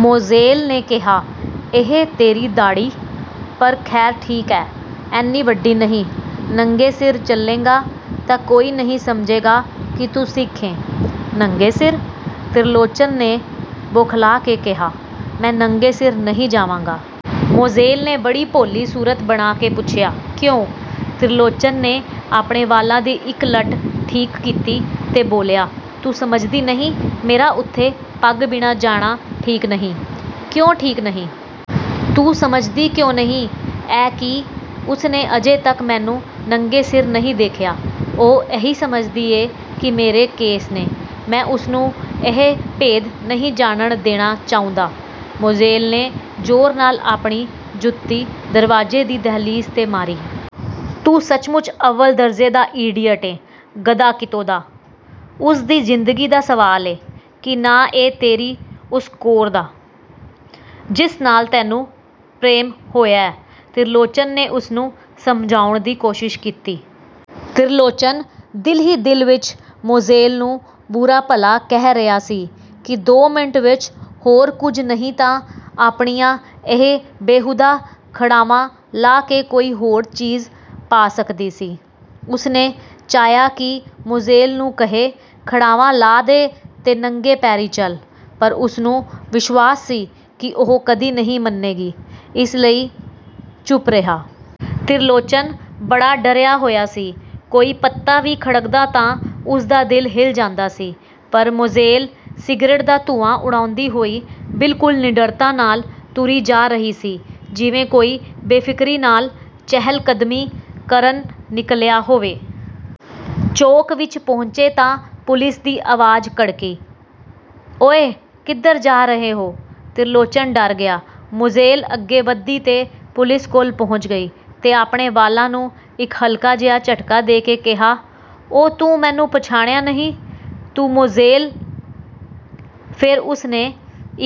ਮੋਜ਼ੇਲ ਨੇ ਕਿਹਾ, ਇਹ ਤੇਰੀ ਦਾੜ੍ਹੀ। ਪਰ, ਖੈਰ ਠੀਕ ਐ। ਐਨੀ ਵੱਡੀ ਨਹੀਂ, ਨੰਗੇ ਸਿਰ ਚੱਲੇਂਗਾ ਤਾਂ ਕੋਈ ਨਹੀਂ ਸਮਝੇਗਾ ਕਿ ਤੂੰ ਸਿੱਖ ਏਂ। " "ਨੰਗੇ ਸਿਰ? " ਤਿਰਲੋਚਨ ਨੇ ਬੌਖਲਾ ਕੇ ਕਿਹਾ, "ਮੈਂ ਨੰਗੇ ਸਿਰ ਨਹੀਂ ਜਾਵਾਂਗਾ। " ਮੋਜ਼ੇਲ ਨੇ ਬੜੀ ਭੋਲੀ ਸੂਰਤ ਬਣਾ ਕੇ ਪੁੱਛਿਆ, "ਕਿਓਂ? " ਤਿਰਲੋਚਨ ਨੇ ਆਪਣੇ ਵਾਲਾਂ ਦੀ ਇਕ ਲਟ ਠੀਕ ਕੀਤੀ ਤੇ ਬੋਲਿਆ, "ਤੂੰ ਸਮਝਦੀ ਨਹੀਂ, ਮੇਰਾ ਉੱਥੇ ਪੱਗ ਬਿਨਾਂ ਜਾਣਾ ਠੀਕ ਨਹੀਂ। " "ਕਿਓਂ ਠੀਕ ਨਹੀਂ? " "ਤੂੰ ਸਮਝਦੀ ਕਿਓਂ ਨਹੀਂ ਏਂ ਕਿ ਉਸਨੇ ਅਜੇ ਤਕ ਮੈਨੂੰ ਨੰਗੇ ਸਿਰ ਨਹੀਂ ਦੇਖਿਆ। ਉਹ ਇਹੀ ਸਮਝਦੀ ਏ ਕਿ ਮੇਰੇ ਕੇਸ ਨੇ। ਮੈਂ ਉਸਨੂੰ ਇਹ ਭੇਦ ਨਹੀਂ ਜਾਣਨ ਦੇਣਾ ਚਾਹੁੰਦਾ। " ਮੋਜ਼ੇਲ ਨੇ ਜ਼ੋਰ ਨਾਲ ਆਪਣੀ ਜੁਤੀ ਦਰਵਾਜ਼ੇ ਦੀ ਦਹਿਲੀਜ਼ 'ਤੇ ਮਾਰੀ। "ਤੂੰ ਸੱਚਮੁੱਚ ਅਵੱਲ ਦਰਜੇ ਦਾ ਈਡੀਅਟ ਏਂ, ਗਧਾ ਕਿਤੋਂ ਦਾ! ਉਸਦੀ ਜ਼ਿੰਦਗੀ ਦਾ ਸਵਾਲ ਏ, ਕੀ ਨਾਂ ਏਂ ਤੇਰੀ ਉਸ ਕੌਰ ਦਾ, ਜਿਸ ਨਾਲ ਤੈਨੂੰ ਪ੍ਰੇਮ ਹੋਇਐ? " ਤਿਰਲੋਚਨ ਨੇ ਉਸਨੂੰ ਸਮਝਾਉਣ ਦੀ ਕੋਸ਼ਿਸ਼ ਕੀਤੀ। ਤਿਰਲੋਚਨ ਦਿਲ ਹੀ ਦਿਲ ਵਿਚ ਮੋਜ਼ੇਲ ਨੂੰ ਬੁਰਾ-ਭਲਾ ਕਹਿ ਰਿਹਾ ਸੀ ਕਿ ਦੋ ਮਿੰਟ ਵਿਚ ਹੋਰ ਕੁਝ ਨਹੀਂ ਤਾਂ ਆਪਣੀਆਂ ਇਹ ਬੇਹੂਦਾ ਖੜਾਵਾਂ ਲਾਹ ਕੇ ਕੋਈ ਹੋਰ ਚੀਜ਼ ਪਾ ਸਕਦੀ ਸੀ। ਉਸਨੇ ਚਾਹਿਆ ਕਿ ਮੋਜ਼ੇਲ ਨੂੰ ਕਹੇ, ਖੜਾਵਾਂ ਲਾਹ ਦੇ ਤੇ ਨੰਗੇ ਪੈਰੀਂ ਚੱਲ, ਪਰ ਉਸਨੂੰ ਵਿਸ਼ਵਾਸ ਸੀ ਕਿ ਉਹ ਕਦੀ ਨਹੀਂ ਮੰਨੇਗੀ, ਇਸ ਲਈ ਚੁੱਪ ਰਿਹਾ। ਤਿਰਲੋਚਨ ਬੜਾ ਡਰਿਆ ਹੋਇਆ ਸੀ, ਕੋਈ ਪੱਤਾ ਵੀ ਖੜਕਦਾ ਤਾਂ ਉਸਦਾ ਦਿਲ ਹਿੱਲ ਜਾਂਦਾ ਸੀ, ਪਰ ਮੋਜ਼ੇਲ ਸਿਗਰਟ ਦਾ ਧੂੰਆਂ ਉਡਾਉਂਦੀ ਹੋਈ ਬਿਲਕੁਲ ਨਿਡਰਤਾ ਨਾਲ ਤੁਰੀ ਜਾ ਰਹੀ ਸੀ, ਜਿਵੇਂ ਕੋਈ ਬੇਫ਼ਿਕਰੀ ਨਾਲ ਚਹਿਲ-ਕਦਮੀ ਕਰਨ ਨਿਕਲਿਆ ਹੋਵੇ। ਚੌਕ ਵਿਚ ਪਹੁੰਚੇ ਤਾਂ ਪੁਲਿਸ ਦੀ ਆਵਾਜ਼ ਕੜਕੀ, "ਓਇ, ਕਿੱਧਰ ਜਾ ਰਹੇ ਓਂ? " ਤਿਰਲੋਚਨ ਡਰ ਗਿਆ। ਮੋਜ਼ੇਲ ਅੱਗੇ ਵਧੀ ਤੇ ਪੁਲਿਸ ਕੋਲ ਪਹੁੰਚ ਗਈ ਤੇ ਆਪਣੇ ਵਾਲਾਂ ਨੂੰ ਇਕ ਹਲਕਾ-ਜਿਹਾ ਝਟਕਾ ਦੇ ਕੇ ਕਿਹਾ, "ਓ-ਤੂੰ ਮੈਨੂੰ ਪਛਾਣਿਆਂ ਨਹੀਂ ਤੂੰ ਮੋਜ਼ੇਲ " ਫੇਰ ਉਸਨੇ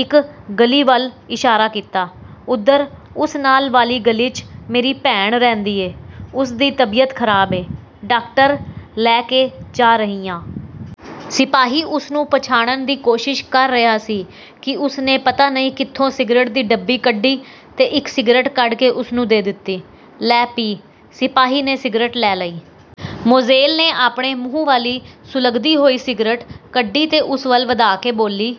ਇਕ ਗਲੀ ਵੱਲ ਇਸ਼ਾਰਾ ਕੀਤਾ, "ਓਧਰ, ਉਸ ਨਾਲ ਵਾਲੀ ਗਲੀ 'ਚ ਮੇਰੀ ਭੈਣ ਰਹਿੰਦੀ ਐ, ਉਸਦੀ ਤਬੀਅਤ ਖਰਾਬ ਏ, ਡਾਕਟਰ ਲੈ ਕੇ ਜਾ ਰਹੀ ਆਂ। " ਸਿਪਾਹੀ ਉਸਨੂੰ ਪਛਾਣਨ ਦੀ ਕੋਸ਼ਿਸ਼ ਕਰ ਰਿਹਾ ਸੀ ਕਿ ਉਸਨੇ ਪਤਾ ਨਹੀਂ ਕਿੱਥੋਂ ਸਿਗਰਟ ਦੀ ਡੱਬੀ ਕੱਢੀ ਤੇ ਇਕ ਸਿਗਰਟ ਕੱਢ ਕੇ ਉਸਨੂੰ ਦੇ ਦਿੱਤੀ। "ਲੈ, ਪੀ! " ਸਿਪਾਹੀ ਨੇ ਸਿਗਰਟ ਲੈ ਲਈ। ਮੋਜ਼ੇਲ ਨੇ ਆਪਣੇ ਮੂੰਹ ਵਾਲੀ ਸੁਲਗਦੀ ਹੋਈ ਸਿਗਰਟ ਕੱਢੀ ਤੇ ਉਸ ਵੱਲ ਵਧਾ ਕੇ ਬੋਲੀ,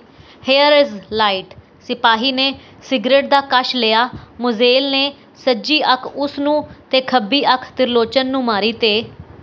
"ਹੀਯਰ ਇਜ਼ ਲਾਈਟ। " ਸਿਪਾਹੀ ਨੇ ਸਿਗਰਟ ਦਾ ਕਸ਼ ਲਿਆ, ਮੋਜ਼ੇਲ ਨੇ ਸੱਜੀ ਅੱਖ ਉਸਨੂੰ ਤੇ ਖੱਬੀ ਅੱਖ ਤਿਰਲੋਚਨ ਨੂੰ ਮਾਰੀ ਤੇ